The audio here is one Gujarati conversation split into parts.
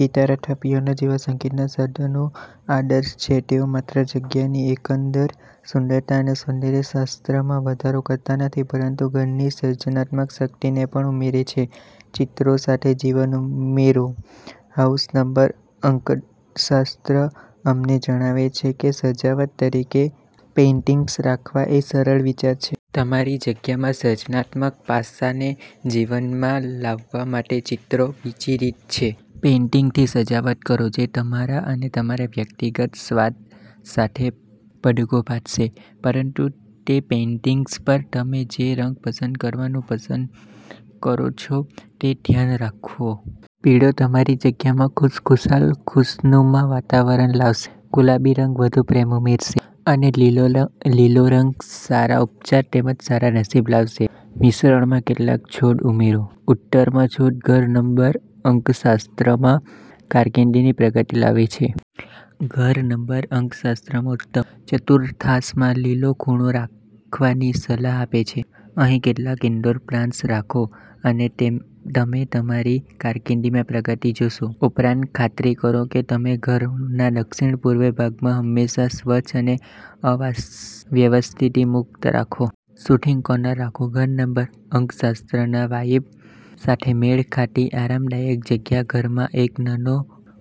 ગિટાર અથવા પિયાનો જેવા સંગીતનાં સાધનો આદર્શ છે. તેઓ માત્ર જગ્યાની એકંદર સુંદરતા અને સૌંદર્ય શાસ્ત્રમાં વધારો કરતા નથી, પરંતુ ઘરની સર્જનાત્મક શક્તિઓને પણ ઉમેરે છે. ચિત્રો સાથે જીવન ઉમેરો. હાઉસ નંબર અંકશાસ્ત્ર અમને જણાવે છે કે સજાવટ તરીકે પેઇન્ટિંગ્સ રાખવા એ સરસ વિચાર છે. તમારી જગ્યામાં સર્જનાત્મક પાસાને જીવનમાં લાવવા માટે ચિત્રો બીજી રીત છે. પેઇન્ટિંગ્સથી સજાવટ કરો જે તમારા અને તમારા વ્યક્તિગત સ્વાદ સાથે પડઘો પાડે છે. પરંતુ, તે પેઇન્ટિંગ્સ પર તમે જે રંગો પસંદ કરવાનું પસંદ કરો છો તે ધ્યાન રાખો. પીળો તમારી જગ્યામાં ખુશખુશાલ, ખુશનુમા વાતાવરણ લાવશે, ગુલાબી રંગ વધુ પ્રેમ ઉમેરશે, અને લીલો રંગ ઉપચાર તેમજ સારા નસીબ લાવશે. મિશ્રણમાં કેટલાક છોડ ઉમેરો. ઉત્તરમાં છોડ ઘર નંબર અંકશાસ્ત્રમાં કારકિર્દીની પ્રગતિ લાવે છે. ઘર નંબર અંકશાસ્ત્ર ઉત્તર ચતુર્થાંશમાં લીલો ખૂણો રાખવાની સલાહ આપે છે. અહીં કેટલાક ઇન્ડોર પ્લાન્ટ્સ રાખો અને તમે તમારી કારકિર્દીમાં પ્રગતિ જોશો. ઉપરાંત, ખાતરી કરો કે તમે ઘરના દક્ષિણ-પૂર્વ ભાગને હંમેશા સ્વચ્છ અને અવ્યવસ્થિતથી મુક્ત રાખો. સુથિંગ કોર્નર રાખો. ઘર નંબર અંકશાસ્ત્રના વાઇબ સાથે મેળ ખાતી આરામદાયક જગ્યા. ઘરમાં એક નાનો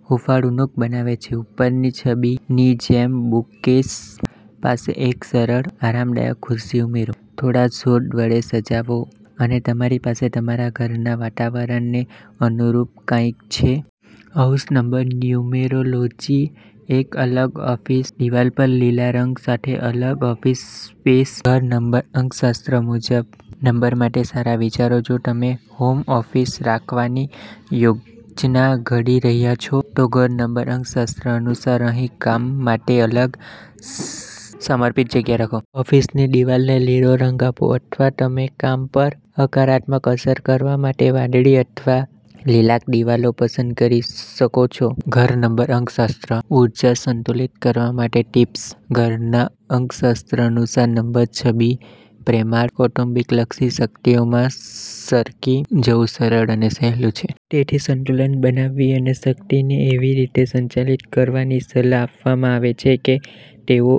હૂંફાળું નૂક બનાવો. ઉપરની છબીની જેમ બુકકેસ પાસે એક સરસ, આરામદાયક ખુરશી ઉમેરો, થોડા છોડ વડે સજાવો અને તમારી પાસે તમારા ઘરના વાતાવરણને અનુરૂપ કંઈક છે. House number numerology. એક અલગ ઓફિસ. દિવાલ પર લીલા રંગ સાથે અલગ ઓફિસ સ્પેસ, ઘર નંબરના અંકશાસ્ત્ર મુજબ નંબર માટે સારા વિચારો જો તમે હોમ ઓફિસ રાખવાની યોજના ઘડી રહ્યા છો, તો ઘર નંબર અંકશાસ્ત્ર અનુસાર, અહીં કામ માટે અલગ, સમર્પિત જગ્યા રાખો. ઓફિસની દિવાલોને લીલો રંગ આપો, અથવા તમે કામ પર હકારાત્મક અસર કરવા માટે વાદળી અથવા લીલાક દિવાલો પસંદ કરી શકો છો. ઘર નંબર અંકશાસ્ત્ર. ઊર્જા સંતુલિત કરવા માટેની ટિપ્સ. ઘર નંબરના અંકશાસ્ત્ર અનુસાર નંબર છની પ્રેમાળ, કૌટુંબિક લક્ષી શક્તિઓમાં સરકી જવું સરળ અને સહેલું છે. તેથી સંતુલન બનાવી અને શક્તિને એવી રીતે સંચાલિત કરવાની સલાહ આપવામાં આવે છે કે તેઓ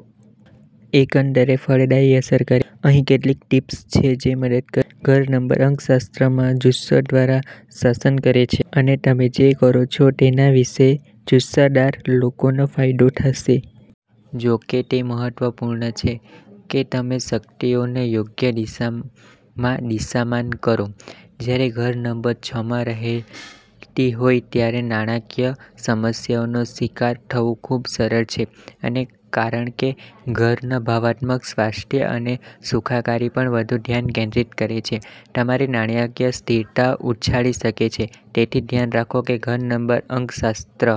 એકંદરે ફળદાયી અસર કરે. અહીં કેટલીક ટીપ્સ છે જે મદદ કરશે. ઘર નંબર અંકશાસ્ત્રમાં જુસ્સા દ્વારા શાસન કરે છે અને તમે જે કરો છો તેના વિશે જુસ્સાદાર લોકોને ફાયદો થશે. જો કે, તે મહત્વપૂર્ણ છે કે તમે શક્તિઓને યોગ્ય દિશામાં દિશામાન કરો. જ્યારે ઘર નંબર છમાં રહેતી હોય ત્યારે નાણાકીય સમસ્યાઓનો શિકાર થવું ખૂબ સરળ છે. અને, કારણ કે ઘર ભાવનાત્મક સ્વાસ્થ્ય અને સુખાકારી પર વધુ ધ્યાન કેન્દ્રિત કરે છે, તમારી નાણાકીય સ્થિરતા ઉછાળી શકે છે. તેથી, ધ્યાન રાખો, ઘર નંબર અંકશાસ્ત્ર